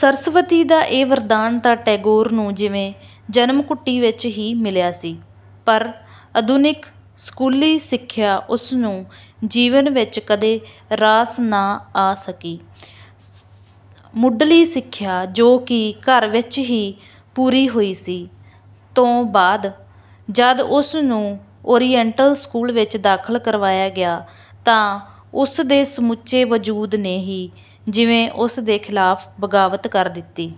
ਸਰਸਵਤੀ ਦਾ ਇਹ ਵਰਦਾਨ ਤਾਂ ਟੈਗੋਰ ਨੂੰ ਜਿਵੇਂ ਜਨਮ-ਘੁੱਟੀ ਵਿੱਚ ਹੀ ਮਿਲਿਆ ਸੀ। ਪਰ ਅਧੁਨਿਕ ਸਕੂਲੀ ਸਿਖਿਆ ਉਸਨੂੰ ਜੀਵਨ ਵਿੱਚ ਕਦੇ ਰਾਸ ਨਾ ਆ ਸਕੀ। ਮੁਢੱਲੀ ਸਿਖਿਆ, ਜੋ ਕਿ ਘਰ ਵਿੱਚ ਹੀ ਪੂਰੀ ਹੋਈ ਸੀ, ਤੋਂ ਬਾਦ ਜਦ ਉਸਨੂੰ ਓਰੀਐਂਟਲ ਸਕੂਲ ਵਿੱਚ ਦਾਖਿਲ ਕਰਾਇਆ ਗਿਆ ਤਾਂ ਉਸਦੇ ਸਮੁੱਚੇ ਵਜੂਦ ਨੇ ਹੀ ਜਿਵੇਂ ਉਸਦੇ ਖਿਲਾਫ਼ ਬਗਾਵਤ ਕਰ ਦਿੱਤੀ।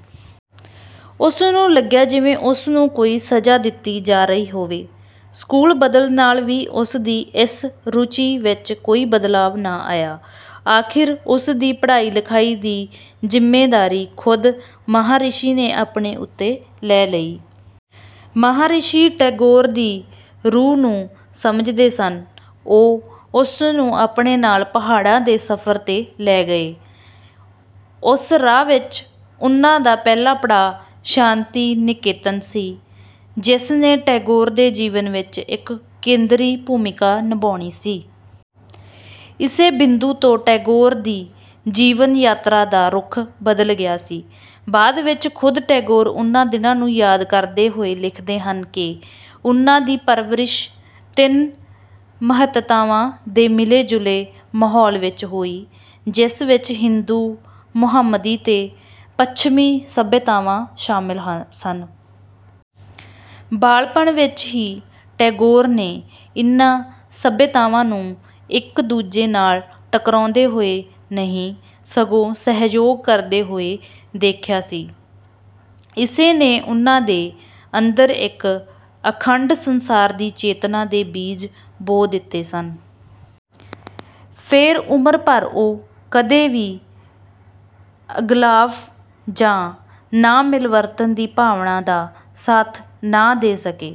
ਉਸਨੂੰ ਲਗਿਆ ਜਿਵੇਂ ਉਸਨੂੰ ਕੋਈ ਸਜਾ ਦਿੱਤੀ ਜਾ ਰਹੀ ਹੋਵੇ। ਸਕੂਲ ਬਦਲਣ ਨਾਲ ਵੀ ਉਸਦੀ ਇਸ ਰੁਚੀ ਵਿੱਚ ਕੋਈ ਬਦਲਾਓ ਨਾ ਆਇਆ। ਆਖਿਰ ਉਸਦੀ ਪੜਾਈ-ਲਿਖਾਈ ਦੀ ਜ਼ਿੰਮੇਦਾਰੀ ਖੁਦ ਮਹਾਰਿਸ਼ੀ ਨੇ ਆਪਣੇ ਉੱਤੇ ਲੈ ਲਈ। ਮਹਾਰਿਸ਼ੀ ਟੈਗੋਰ ਦੀ ਰੂਹ ਨੂੰ ਸਮਝਦੇ ਸਨ, ਉਹ ਉਸਨੂੰ ਆਪਣੇ ਨਾਲ ਪਹਾੜਾਂ ਦੇ ਸਫ਼ਰ 'ਤੇ ਲੈ ਗਏ। ਉਸ ਰਾਹ ਵਿੱਚ ਉਨ੍ਹਾ ਦਾ ਪਹਿਲਾ ਪੜਾਅ ਸ਼ਾਂਤੀ-ਨਿਕੇਤਨ ਸੀ, ਜਿਸਨੇ ਟੈਗੋਰ ਦੇ ਜੀਵਨ ਵਿੱਚ ਇੱਕ ਕੇਂਦਰੀ ਭੂਮੀਕਾ ਨਿਭਾਉਣੀ ਸੀ। ਇਸੇ ਬਿੰਦੂ ਤੋਂ ਟਗੋਰ ਦੀ ਜੀਵਨ ਯਾਤਰਾ ਦਾ ਰੁਖ ਬਦਲ ਗਿਆ ਸੀ। ਬਾਦ ਵਿੱਚ ਖੁਦ ਟੈਗੋਰ ਉਨ੍ਹਾ ਦਿਨਾਂ ਨੂੰ ਯਾਦ ਕਰਦੇ ਹੋਏ ਲਿਖਦੇ ਹਨ ਕਿ ਉਨ੍ਹਾ ਦੀ ਪਰਵਰਿਸ਼ ਤਿੰਨ ਸਭਿਅਤਾਵਾਂ ਦੇ ਮਿਲੇ-ਜੁਲੇ ਮਾਹੋਲ ਵਿੱਚ ਹੋਈ, ਜਿਸ ਵਿੱਚ ਹਿੰਦੂ, ਮੁਹੰਮਦੀ ਤੇ ਪੱਛਮੀ ਸਭਿਆਤਾਵਾਂ ਸ਼ਾਮਿਲ ਸਨ। ਬਾਲਪਣ ਵਿੱਚ ਹੀ ਟੈਗੋਰ ਨੇ ਇਨ੍ਹਾ ਸਭਿਆਤਾਵਾਂ ਨੂੰ ਇੱਕ ਦੂਜੇ ਨਾਲ ਟਕਰਾਉਂਦੇ ਹੋਏ ਨਹੀਂ ਸਗੋਂ ਸਹਿਯੋਗ ਕਰਦੇ ਹੋਏ ਦੇਖਿਆ ਸੀ, ਇਸੇ ਨੇ ਉਨ੍ਹਾ ਦੇ ਅੰਦਰ ਇੱਕ ਅਖੰਡ ਸਂਸਾਰ ਦੀ ਚੇਤਨਾ ਦੇ ਬੀਜ ਬੋ ਦਿੱਤੇ ਸਨ। ਫੇਰ ਉਮਰ ਭਰ ਉਹ ਕਦੇ ਵੀ ਅਗਲਾਵ ਜਾਂ ਨਾਮਿਲਵਰਤਣ ਦੀ ਭਾਵਨਾ ਦਾ ਸਾਥ ਨਾ ਦੇ ਸਕੇ,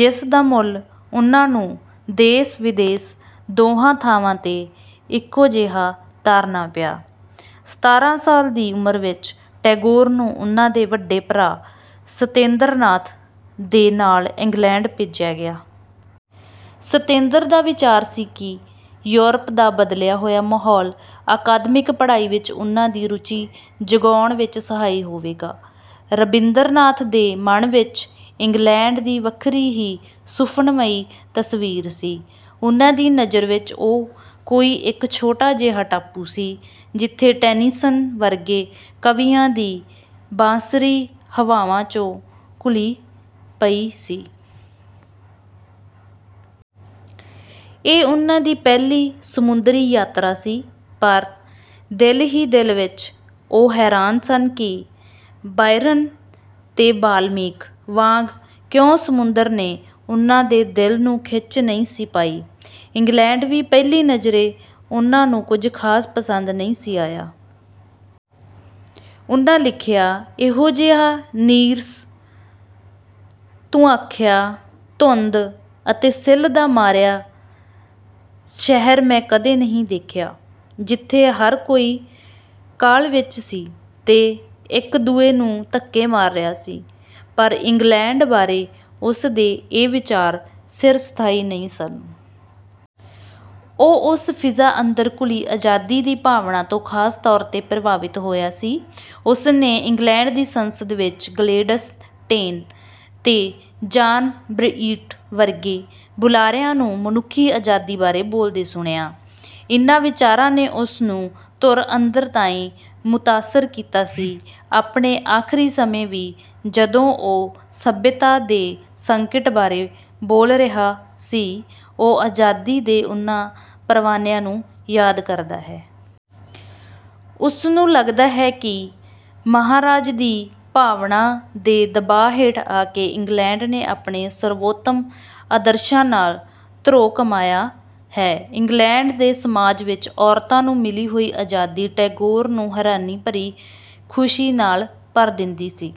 ਜਿਸ ਦਾ ਮੁੱਲ ਉਨ੍ਹਾ ਨੂੰ ਦੇਸ-ਵਿਦੇਸ ਦੋਹਾਂ ਥਾਵਾਂ 'ਤੇ ਇੱਕੋ ਜਿਹਾ ਤਾਰਨਾ ਪਿਆ। ਸਤਾਰ੍ਹਾਂ ਸਾਲ ਦੀ ਉਮਰ ਵਿੱਚ ਟੈਗੋਰ ਨੂੰ ਉਨ੍ਹਾ ਦੇ ਵੱਡੇ ਭਰਾ ਸਤੇਂਦਰਨਾਥ ਦੇ ਨਾਲ ਇੰਗਲੈਂਡ ਭੇਜਿਆ ਗਿਆ। ਸਤੇਂਦਰ ਦਾ ਵਿਚਾਰ ਸੀ ਕਿ ਯੂਰਪ ਦਾ ਬਦਲਿਆ ਹੋਇਆ ਮਾਹੌਲ ਅਕਾਦਮਿਕ ਪੜ੍ਹਾਈ ਵਿੱਚ ਉਨ੍ਹਾ ਦੀ ਰੁਚੀ ਜਗਾਉਣ ਵਿੱਚ ਸਹਾਈ ਹੋਵੇਗਾ। ਰਬਿੰਦਰਨਾਥ ਦੇ ਮਨ ਵਿੱਚ ਇੰਗਲੈਂਡ ਦੀ ਵੱਖਰੀ ਹੀ ਸੁਫ਼ਨਮਈ ਤਸਵੀਰ ਸੀ। ਉਨ੍ਹਾ ਦੀ ਨਜ਼ਰ ਵਿੱਚ ਉਹ ਕੋਈ ਇੱਕ ਛੋਟਾ ਜਿਹਾ ਟਾਪੂ ਸੀ, ਜਿੱਥੇ ਟੈਨੀਸਨ ਵਰਗੇ ਕਵੀਆਂ ਦੀ ਬਾਂਸਰੀ ਹਵਾਵਾਂ 'ਚ ਘੁਲੀ ਪਈ ਸੀ। ਇਹ ਉਨ੍ਹਾ ਦੀ ਪਹਿਲੀ ਸਮੁੰਦਰੀ ਯਾਤਰਾ ਸੀ। ਪਰ ਦਿਲ ਹੀ ਦਿਲ ਵਿੱਚ ਉਹ ਹੈਰਾਨ ਸਨ ਕਿ ਬਾਇਰਨ ਤੇ ਵਾਲਮੀਕ ਵਾਂਗ ਕਿਉਂ ਸਮੁੰਦਰ ਨੇ ਉਨ੍ਹਾ ਦੇ ਦਿਲ ਨੂੰ ਖਿੱਚ ਨਹੀਂ ਸੀ ਪਾਈ। ਇੰਗਲੈਂਡ ਵੀ ਪਹਿਲੀ ਨਜ਼ਰੇ ਉਨ੍ਹਾ ਨੂੰ ਕੁਝ ਖਾਸ ਪਸੰਦ ਨਹੀਂ ਸੀ ਆਇਆ। ਉਨ੍ਹਾ ਲਿਖਿਆ, " ਇਹੋ ਜਿਹਾ ਨੀਰਸ, ਧੁੰਆਂਖਿਆ, ਧੁੰਦ ਅਤੇ ਸਿੱਲ ਦਾ ਮਾਰਿਆ ਸ਼ਹਿਰ ਮੈਂ ਕਦੇ ਨਹੀਂ ਦੇਖਿਆ, ਜਿੱਥੇ ਹਰ ਕੋਈ ਕਾਹਲ ਵਿੱਚ ਸੀ ਤੇ ਇੱਕ-ਦੂਏ ਨੂੰ ਧਕੇ ਮਾਰ ਰਿਹਾ ਸੀ। " ਪਰ ਇੰਗਲੈਂਡ ਬਾਰੇ ਉਸਦੇ ਇਹ ਵਿਚਾਰ ਚਿਰ-ਸਥਾਈ ਨਹੀਂ ਸਨ। ਉਹ ਉਸ ਫ਼ਿਜ਼ਾ ਅੰਦਰ ਘੁਲੀ ਆਜ਼ਾਦੀ ਦੀ ਭਾਵਨਾ ਤੋਂ ਖਾਸ ਤੌਰ 'ਤੇ ਪ੍ਰਭਾਵਿਤ ਹੋਇਆ ਸੀ। ਉਸਨੇ ਇੰਗਲੈਂਡ ਦੀ ਸੰਸਦ ਵਿੱਚ ਗਲੈਡਸਟੇਨ ਤੇ ਜਾਨ ਬ੍ਰਾਈਟ ਵਰਗੇ ਬੁਲਾਰਿਆਂ ਨੂੰ ਮਨੁਖੀ ਆਜ਼ਾਦੀ ਬਾਰੇ ਬੋਲਦਿਆਂ ਸੁਣਿਆ। ਇਨ੍ਹਾ ਵਿਚਾਰਾਂ ਨੇ ਉਸਨੂੰ ਧੁਰ ਅੰਦਰ ਤਾਈਂ ਮੁਤਾਸਰ ਕੀਤਾ ਸੀ, ਆਪਣੇ ਆਖਰੀ ਸਮੇਂ ਵੀ, ਜਦੋਂ ਉਹ "ਸਭਿਅਤਾ ਦੇ ਸੰਕਟ" ਬਾਰੇ ਬੋਲ ਰਿਹਾ ਸੀ, ਉਹ ਆਜ਼ਾਦੀ ਦੇ ਉਨ੍ਹਾ ਪਰਵਾਨਿਆਂ ਨੂੰ ਯਾਦ ਕਰਦਾ ਹੈ। ਉਸਨੂੰ ਲਗਦਾ ਹੈ ਕਿ ਮਰਾਜ ਦੀ ਭਾਵਨਾ ਦੇ ਦਬਾ ਹੇਠ ਆ ਕੇ ਇੰਗਲੈਂਡ ਨੇ ਆਪਣੇ ਸਰਵੋਤਮ ਆਦਰਸ਼ਾਂ ਨਾਲ ਧਰੋਹ ਕਮਾਇਆ ਹੈ। ਇੰਗਲੈਂਡ ਦੇ ਸਮਾਜ ਵਿੱਚ ਔਰਤਾਂ ਨੂੰ ਮਿਲੀ ਹੋਈ ਆਜ਼ਾਦੀ ਟੈਗੋਰ ਨੂੰ ਹੈਰਾਨੀ ਭਰੀ ਖੁਸ਼ੀ ਨਾਲ ਭਰ ਦਿੰਦੀ ਸੀ।